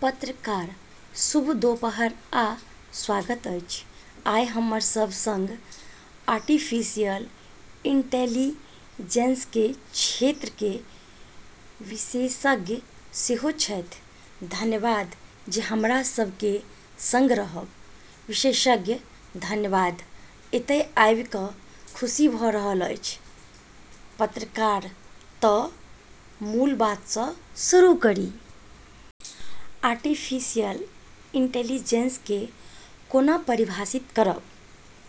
पत्रकार: शुभ दुपहर आ स्वागत अछि, आई हमरा सब सङ्ग आर्टिफिशियल इंटेलिजेंसके क्षेत्रके विशेषज्ञ सेहो छथि, धन्यवाद जे हमरा सबके सङ्ग रहब। विशेषज्ञ: धन्यवाद, एतय आबि क' खुशी भ' रहल अछि। पत्रकार: त', मूल बातसँ शुरू करी। आर्टिफिशियल इंटेलिजेंसके कोना परिभाषित करब?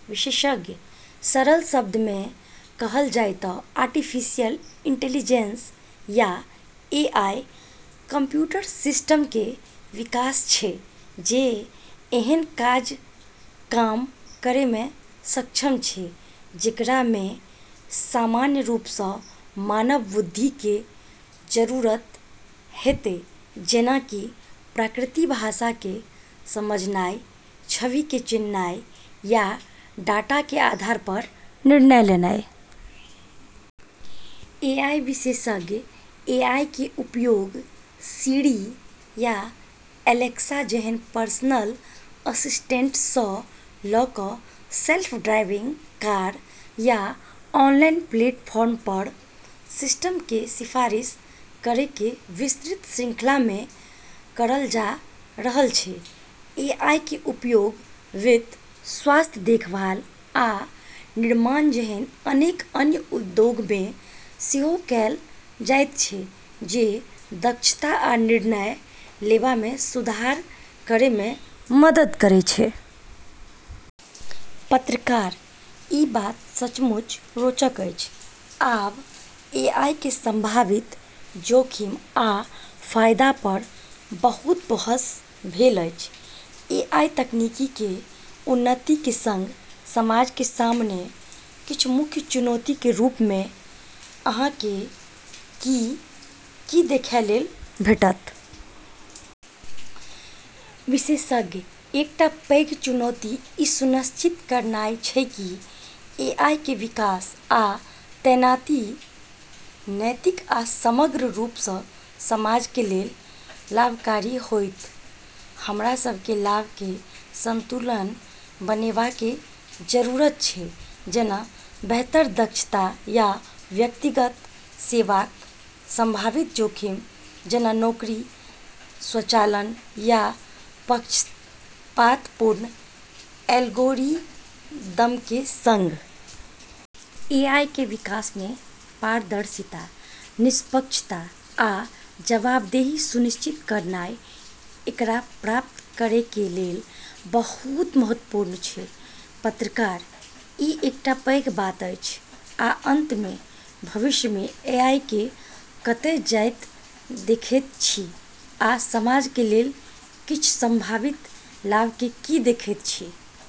विशेषज्ञ: सरल शब्दमे कहल जाइ त' आर्टिफिशियल इंटेलिजेंस या एआई, कंप्यूटर सिस्टमके विकास छै जे एहन काज काम करैमे सक्षम छै जेकरामे सामान्य रूपसँ मानव बुद्धिके जरूरत हेतै, जेना कि प्राकृतिक भाषाके समझनाइ, छविके चिन्हनाइ, या डाटाके आधार पर निर्णय लेनाइ । ए. आई. विशेषज्ञ: एआईके उपयोग सिरी या एलेक्सा जेहन पर्सनल असिस्टेंट स' ल' क' सेल्फ ड्राइविंग कार या ऑनलाइन प्लेटफॉर्म पर सिस्टमके सिफारिश करैके विस्तृत श्रृंखलामे करल जा रहल छै। एआईके उपयोग वित्त, स्वास्थ्य देखभाल, आ निर्माण जेहन अनेक अन्य उद्योगमे सेहो कैल जाइत छै, जे दक्षता आ निर्णय लेबामे सुधार करैमे मदद करै छै। पत्रकार: ई बात सचमुच रोचक अछि। आब, एआईके संभावित जोखिम आ फाइदा पर बहुत बहस भेल अछि। एआई तकनीकके उन्नतिके सङ्ग समाजके सामने किछ मुख्य चुनौतीके रूपमे अहाँके की - की देखै लेल भेटत? विशेषज्ञ: एकटा पैघ चुनौती ई सुनिश्चित करनाइ छै कि एआईके विकास आ तैनाती नैतिक आ समग्र रूपसँ समाजके लेल लाभकारी होइत। हमरा सबके लाभके संतुलन बनेबाके जरूरत छै, जेना बेहतर दक्षता या व्यक्तिगत सेवाक, संभावित जोखिम जेना नौकरी स्वचालन या पक्षपातपूर्ण एल्गोरिदमके सङ्ग। एआईके विकासमे पारदर्शिता, निष्पक्षता, आ जवाबदेही सुनिश्चित करनाइ एकरा प्राप्त करैके लेल बहुत महत्वपूर्ण छै। पत्रकार: ई एकटा पैघ बात अछि। आ अंतमे, भविष्यमे एआईके कतय जाइत देखैत छी, आ समाज के लेल किछ संभावित लाभके की देखैत छी?